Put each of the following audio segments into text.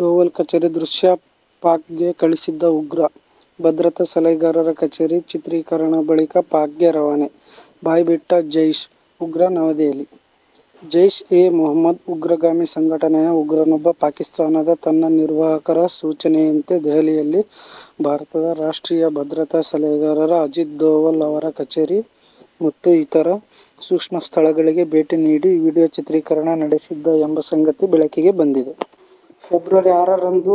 ದೋವಲ್ ಕಚೇರಿ ದೃಶ್ಯ ಪಾಕ್ಗೆ ಕಳಿಸಿದ್ದ ಉಗ್ರ! ಭದ್ರತಾ ಸಲಹೆಗಾರರ ಕಚೇರಿ ಚಿತ್ರೀಕರಣ ಬಳಿಕ ಪಾಕ್ಗೆ ರವಾನೆ: ಬಾಯ್ಬಿಟ್ಟ ಜೈಷ್ ಉಗ್ರ ನವದೆಹಲಿ: ಜೈಷ್ ಎ ಮೊಹಮ್ಮದ್ ಉಗ್ರಗಾಮಿ ಸಂಘಟನೆಯ ಉಗ್ರನೊಬ್ಬ ಪಾಕಿಸ್ತಾನದ ತನ್ನ ನಿರ್ವಾಹಕರ ಸೂಚನೆಯಂತೆ ದೆಹಲಿಯಲ್ಲಿ, ಭಾರತದ ರಾಷ್ಟ್ರೀಯ ಭದ್ರತಾ ಸಲಹೆಗಾರ ಅಜಿತ್ ದೋವಲ್ ಅವರ ಕಚೇರಿ ಮತ್ತು ಇತರ ಸೂಕ್ಷ್ಮ ಸ್ಥಳಗಳಿಗೆ ಭೇಟಿ ನೀಡಿ ವಿಡಿಯೋ ಚಿತ್ರೀಕರಣ ನಡೆಸಿದ್ದ ಎಂಬ ಸಂಗತಿ ಬೆಳಕಿಗೆ ಬಂದಿದೆ. ಫೆಬ್ರವರಿ ಆರರಂದು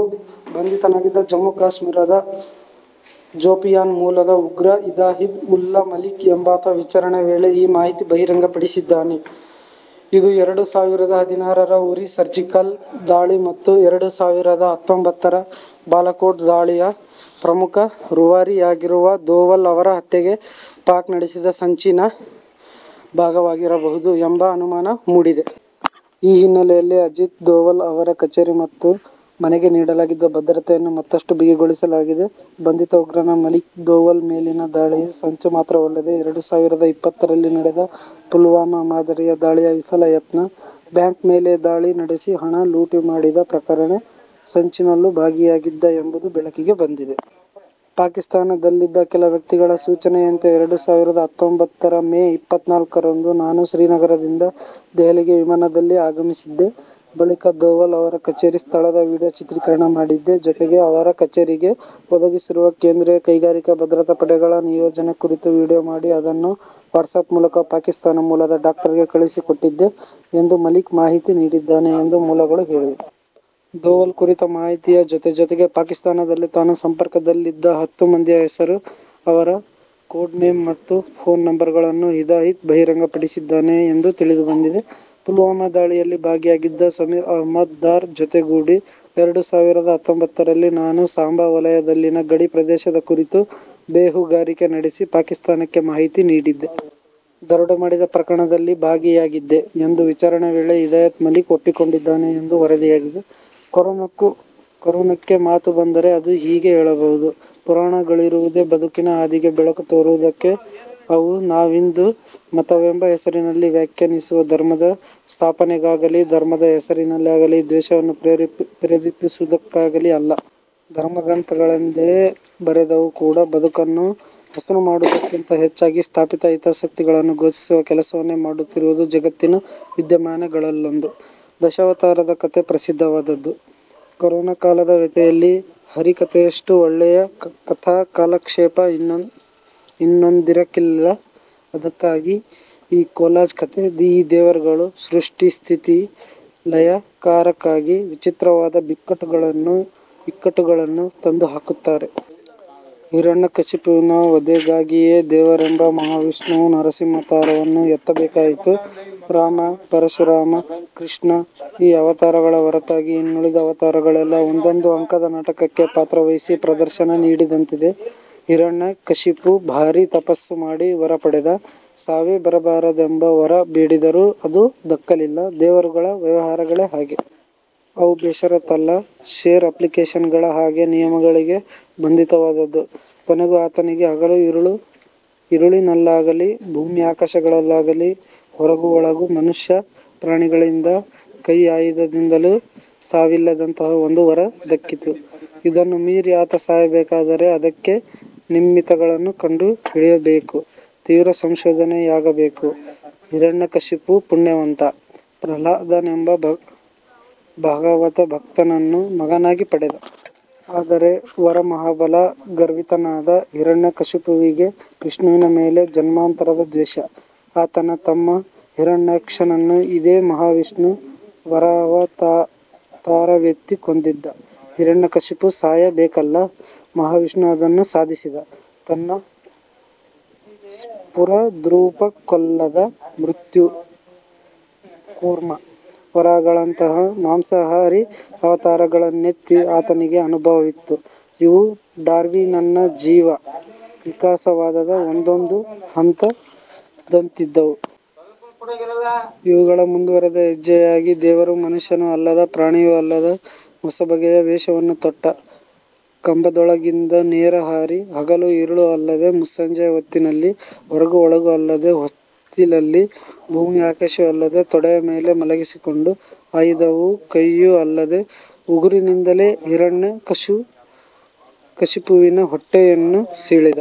ಬಂಧಿತನಾಗಿದ್ದ ಜಮ್ಮು-ಕಾಶ್ಮೀರದ ಶೋಪಿಯಾನ್ ಮೂಲದ ಉಗ್ರ ಹಿದಾಯತ್ ಉಲ್ಲಾ ಮಲಿಕ್ ಎಂಬಾತ ವಿಚಾರಣೆ ವೇಳೆ ಈ ಮಾಹಿತಿ ಬಹಿರಂಗಪಡಿಸಿದ್ದಾನೆ. ಇದು ಎರಡು ಸಾವಿರದ ಹದಿನಾರರ ಉರಿ ಸರ್ಜಿಕಲ್ ದಾಳಿ ಮತ್ತು ಎರಡು ಸಾವಿರದ ಹತ್ತೊಂಬತ್ತರ ಬಾಲಾಕೋಟ್ ದಾಳಿಯ ಪ್ರಮುಖ ರೂವಾರಿಯಾಗಿರುವ ದೋವಲ್ ಅವರ ಹತ್ಯೆಗೆ ಪಾಕ್ ನಡೆಸಿದ ಸಂಚಿನ ಭಾಗವಾಗಿರಬಹುದು ಎಂಬ ಅನುಮಾನ ಮೂಡಿದೆ. ಈ ಹಿನ್ನೆಲೆಯಲ್ಲಿ ಅಜಿತ್ ದೋವಲ್ ಅವರ ಕಚೇರಿ ಮತ್ತು ಮನೆಗೆ ನೀಡಲಾಗಿದ್ದ ಭದ್ರತೆಯನ್ನು ಮತ್ತಷ್ಟುಬಿಗಿಗೊಳಿಸಲಾಗಿದೆ. ಬಂಧಿತ ಉಗ್ರನ ಮಲಿಕ್, ದೋವಲ್ ಮೇಲಿನ ದಾಳಿಯ ಸಂಚು ಮಾತ್ರವಲ್ಲದೇ ಎರಡು ಸಾವಿರದ ಇಪ್ಪತ್ತರಲ್ಲಿ ನಡೆದ ಪುಲ್ವಾಮಾ ಮಾದರಿಯ ದಾಳಿಯ ವಿಫಲ ಯತ್ನ, ಬ್ಯಾಂಕ್ ಮೇಲೆ ದಾಳಿ ನಡೆಸಿ ಹಣ ಲೂಟಿದ ಮಾಡಿದ ಪ್ರಕರಣ ಸಂಚಿನಲ್ಲೂ ಭಾಗಿಯಾಗಿದ್ದ ಎಂಬುದು ಬೆಳಕಿಗೆ ಬಂದಿದೆ. 'ಪಾಕಿಸ್ತಾನದಲ್ಲಿನ ಕೆಲ ವ್ಯಕ್ತಿಗಳ ಸೂಚನೆಯಂತೆ ಎರಡು ಸಾವಿರದ ಹತ್ತೊಂಬತ್ತರ ಮೇ ಇಪ್ಪತ್ನಾಲ್ಕರಂದು ನಾನು ಶ್ರೀನಗರದಿಂದ ದೆಹಲಿಗೆ ವಿಮಾನದಲ್ಲಿ ಆಗಮಿಸಿದ್ದೆ. ಬಳಿಕ ದೋವಲ್ ಅವರ ಕಚೇರಿ ಸ್ಥಳದ ವಿಡಿಯೋ ಚಿತ್ರೀಕರಣ ಮಾಡಿದ್ದೆ. ಜೊತೆಗೆ ಅವರ ಕಚೇರಿಗೆ ಒದಗಿಸಿರುವ ಕೇಂದ್ರೀಯ ಕೈಗಾರಿಕಾ ಭದ್ರತಾ ಪಡೆಗಳ ನಿಯೋಜನೆ ಕುರಿತೂ ವಿಡಿಯೋ ಮಾಡಿ ಅದನ್ನು ವಾಟ್ಸಾಪ್ ಮೂಲಕ ಪಾಕಿಸ್ತಾನ ಮೂಲದ 'ಡಾಕ್ಟರ್'ಗೆ ಕಳುಹಿಸಿಕೊಟ್ಟಿದ್ದೆ' ಎಂದು ಮಲಿಕ್ ಮಾಹಿತಿ ನೀಡಿದ್ದಾನೆ ಎಂದು ಮೂಲಗಳು ಹೇಳಿವೆ. ದೋವಲ್ ಕುರಿತ ಮಾಹಿತಿಯ ಜೊತೆಜೊತೆಗೇ ಪಾಕಿಸ್ತಾನದಲ್ಲಿ ತಾನು ಸಂಪರ್ಕದಲ್ಲಿ ಇದ್ದ ಹತ್ತು ಮಂದಿಯ ಹೆಸರು, ಅವರ ಕೋಡ್ನೇಮ್ ಮತ್ತು ಫೋನ್ ನಂಬರ್ಗಳನ್ನು ಹಿದಾಯತ್ ಬಹಿರಂಗಪಡಿಸಿದ್ದಾನೆ ಎಂದು ತಿಳಿದುಬಂದಿದೆ. ಪುಲ್ವಾಮಾ ದಾಳಿಯಲ್ಲಿ ಭಾಗಿಯಾಗಿದ್ದ ಸಮೀರ್ ಅಹಮದ್ ದಾರ್ ಜೊತೆಗೂಡಿ ಎರಡು ಸಾವಿರದ ಹತ್ತೊಂಬತ್ತರಲ್ಲಿ ನಾನು ಸಾಂಬಾ ವಲಯದಲ್ಲಿನ ಗಡಿ ಪ್ರದೇಶದ ಕುರಿತು ಬೇಹುಗಾರಿಕೆ ನಡೆಸಿ ಪಾಕಿಸ್ತಾನಕ್ಕೆ ಮಾಹಿತಿ ನೀಡಿದ್ದೆ. ದರೋಡೆ ಮಾಡಿದ ಪ್ರಕರಣದಲ್ಲಿ ಭಾಗಿಯಾಗಿದ್ದೆ' ಎಂದು ವಿಚಾರಣೆ ವೇಳೆ ಹಿದಾಯತ್ ಮಲಿಕ್ ಒಪ್ಪಿಕೊಂಡಿದ್ದಾನೆ ಎಂದು ವರದಿಯಾಗಿದೆ. ಕೊರೋನಕ್ಕೆ ಮಾತು ಬಂದರೆ ಅದು ಹೀಗೆ ಹೇಳಬಹುದು: ಪುರಾಣಗಳಿರುವುದೇ ಬದುಕಿನ ಹಾದಿಗೆ ಬೆಳಕು ತೋರುವುದಕ್ಕೆ. ಅವು ನಾವಿಂದು ಮತವೆಂಬ ಹೆಸರಿನಲ್ಲಿ ವ್ಯಾಖ್ಯಾನಿಸುವ ಧರ್ಮದ ಸ್ಥಾಪನೆಗಾಗಲೀ, ಧರ್ಮದ ಹೆಸರಿನಲ್ಲಿ ದ್ವೇಷವನ್ನು ಪ್ರೇರೇಪಿಸವುದಕ್ಕಾಗಲೀ ಅಲ್ಲ. ಧರ್ಮಗ್ರಂಥಗಳೆಂದೇ ಬರೆದವೂ ಕೂಡ ಬದುಕನ್ನು ಹಸನು ಮಾಡುವುದಕ್ಕಿಂತ ಹೆಚ್ಚಾಗಿ ಸ್ಥಾಪಿತ ಹಿತಾಸಕ್ತಿಗಳನ್ನು ಪೋಷಿಸುವ ಕೆಲಸವನ್ನೇ ಮಾಡುತ್ತಿರುವುದು ಜಗತ್ತಿನ ವಿದ್ಯಮಾನಗಳಲ್ಲೊಂದು. ದಶಾವತಾರದ ಕತೆ ಪ್ರಸಿದ್ಧವಾದದ್ದು. ಕೊರೋನ ಕಾಲದ ವ್ಯಥೆಯಲ್ಲಿ ಹರಿಕತೆಯಷ್ಟು ಒಳ್ಳೆಯ ಕಥಾಕಾಲಕ್ಷೇಪ ಇನ್ನೊಂದಿರಲಿಕ್ಕಿಲ್ಲ! ಅದಕ್ಕಾಗಿ ಈ ಕೊಲಾಜ್ ಕಥೆ: ಈ ದೇವರುಗಳು ಸೃಷ್ಟಿ-ಸ್ಥಿತಿ-ಲಯಕಾರಕರಾಗಿ ವಿಚಿತ್ರವಾದ ಬಿಕ್ಕಟ್ಟುಗಳನ್ನೂ ಇಕ್ಕಟ್ಟುಗಳನ್ನೂ ತಂದುಹಾಕುತ್ತಾರೆ. ಹಿರಣ್ಯಕಶಿಪುವಿನ ವಧೆಗಾಗಿಯೇ ದೇವರೆಂಬ ಮಹಾವಿಷ್ಣುವು ನರಸಿಂಹಾವತಾರವನ್ನು ಎತ್ತಬೇಕಾಯಿತು. ರಾಮ, ಪರಶುರಾಮ, ಕೃಷ್ಣ, ಈ ಅವತಾರಗಳ ಹೊರತಾಗಿ ಇನ್ನುಳಿದ ಅವತಾರಗಳೆಲ್ಲ ಒಂದೊಂದು ಅಂಕದ ನಾಟಕಕ್ಕೆ ಪಾತ್ರವಹಿಸಿ ಪ್ರದರ್ಶನ ನೀಡಿದಂತಿದೆ. ಹಿರಣ್ಯಕಶಿಪು ಭಾರೀ ತಪಸ್ಸು ಮಾಡಿ ವರ ಪಡೆದ. ಸಾವೇ ಬರಬಾರದೆಂಬ ವರ ಬೇಡಿದರೂ ಅದು ದಕ್ಕಲಿಲ್ಲ. ದೇವರುಗಳ ವ್ಯವಹಾರಗಳೇ ಹಾಗೆ. ಅವು ಬೇಷರತ್ ಅಲ್ಲ. ಷೇರ್ ಅಪ್ಲಿಕೇಷನ್ಗಳ ಹಾಗೆ ನಿಯಮಗಳಿಗೆ ಬಂಧಿತವಾದದ್ದು. ಕೊನೆಗೂ ಆತನಿಗೆ ಹಗಲು-ಇರುಳಿನಲ್ಲಾಗಲೀ, ಭೂಮಿ-ಆಕಾಶಗಳಲ್ಲಿ, ಹೊರಗೂ-ಒಳಗೂ, ಮನುಷ್ಯ-ಪ್ರಾಣಿಗಳಿಂದ ಕೈ-ಆಯುಧದಿಂದಲೂ ಸಾವಿಲ್ಲದಂತಹ ಒಂದು ವರ ದಕ್ಕಿತು. ಇದನ್ನು ಮೀರಿ ಆತ ಸಾಯಬೇಕಾದರೆ ಅದಕ್ಕೆ ನಿಮಿತ್ತಗಳನ್ನು ಕಂಡುಹಿಡಿಯಬೇಕು; ತೀವ್ರ ಸಂಶೋಧನೆೆಯಾಗಬೇಕು. ಹಿರಣ್ಯಕಶಿಪು ಪುಣ್ಯವಂತ. ಪ್ರಹ್ಲಾದನೆಂಬ ಭಾಗವತಭಕ್ತನನ್ನು ಮಗನಾಗಿ ಪಡೆದ. ಆದರೆ ವರಮಹಾಬಲ ಗರ್ವಿತನಾದ ಹಿರಣ್ಯಕಶಿಪುವಿಗೆ ವಿಷ್ಣುವಿನ ಮೇಲೆ ಜನ್ಮಾಂತರದ ದ್ವೇಷ. ಆತನ ತಮ್ಮ ಹಿರಣ್ಯಾಕ್ಷನನ್ನು ಇದೇ ಮಹಾವಿಷ್ಣು ವರಾಹಾವತಾರವೆತ್ತಿ ಕೊಂದಿದ್ದ. ಹಿರಣ್ಯಕಶಿಪು ಸಾಯಬೇಕಲ್ಲ. ಮಹಾವಿಷ್ಣು ಅದನ್ನೂ ಸಾಧಿಸಿದ. ತನ್ನ ಸ್ಫುರದ್ರೂಪಕ್ಕೊಲ್ಲದ ಮತ್ಸ್ಯ, ಕೂರ್ಮ, ವರಾಹಗಳಂತಹ ಮಾಂಸಾಹಾರಿ ಅವತಾರಗಳನ್ನೆತ್ತಿ ಆತನಿಗೆ ಅನುಭವವಿತ್ತು. ಇವು ಡಾರ್ವಿನ್ನನ ಜೀವ ವಿಕಾಸವಾದದ ಒಂದೊಂದು ಹಂತದಂತಿದ್ದವು. ಇವುಗಳ ಮುಂದುವರಿದ ಹೆಜ್ಜೆಯಾಗಿ ದೇವರು ಮನುಷ್ಯನೂ ಅಲ್ಲದ, ಪ್ರಾಣಿಯೂ ಅಲ್ಲದ ಹೊಸಬಗೆಯ ವೇಷವನ್ನು ತೊಟ್ಟ. ಕಂಭದೊಳಗಿಂದ ನೇರ ಹಾರಿ ಹಗಲೂ-ಇರುಳೂ ಅಲ್ಲದ, ಮುಸ್ಸಂಜೆಯ ಹೊತ್ತಿನಲ್ಲಿ, ಹೊರಗೂ-ಒಳಗೂ ಅಲ್ಲದ ಹೊಸ್ತಿಲಲ್ಲಿ, ಭೂಮಿಯೂ-ಆಕಾಶವೂ ಅಲ್ಲದ ತೊಡೆಯ ಮೇಲೆ ಮಲಗಿಸಿಕೊಂಡು, ಆಯುಧವೂ-ಕೈಯೂ ಅಲ್ಲದ ಉಗುರಿನಿಂದಲೇ ಹಿರಣ್ಯಕಶಿಪುವಿನ ಹೊಟ್ಟೆಯನ್ನು ಸೀಳಿದ.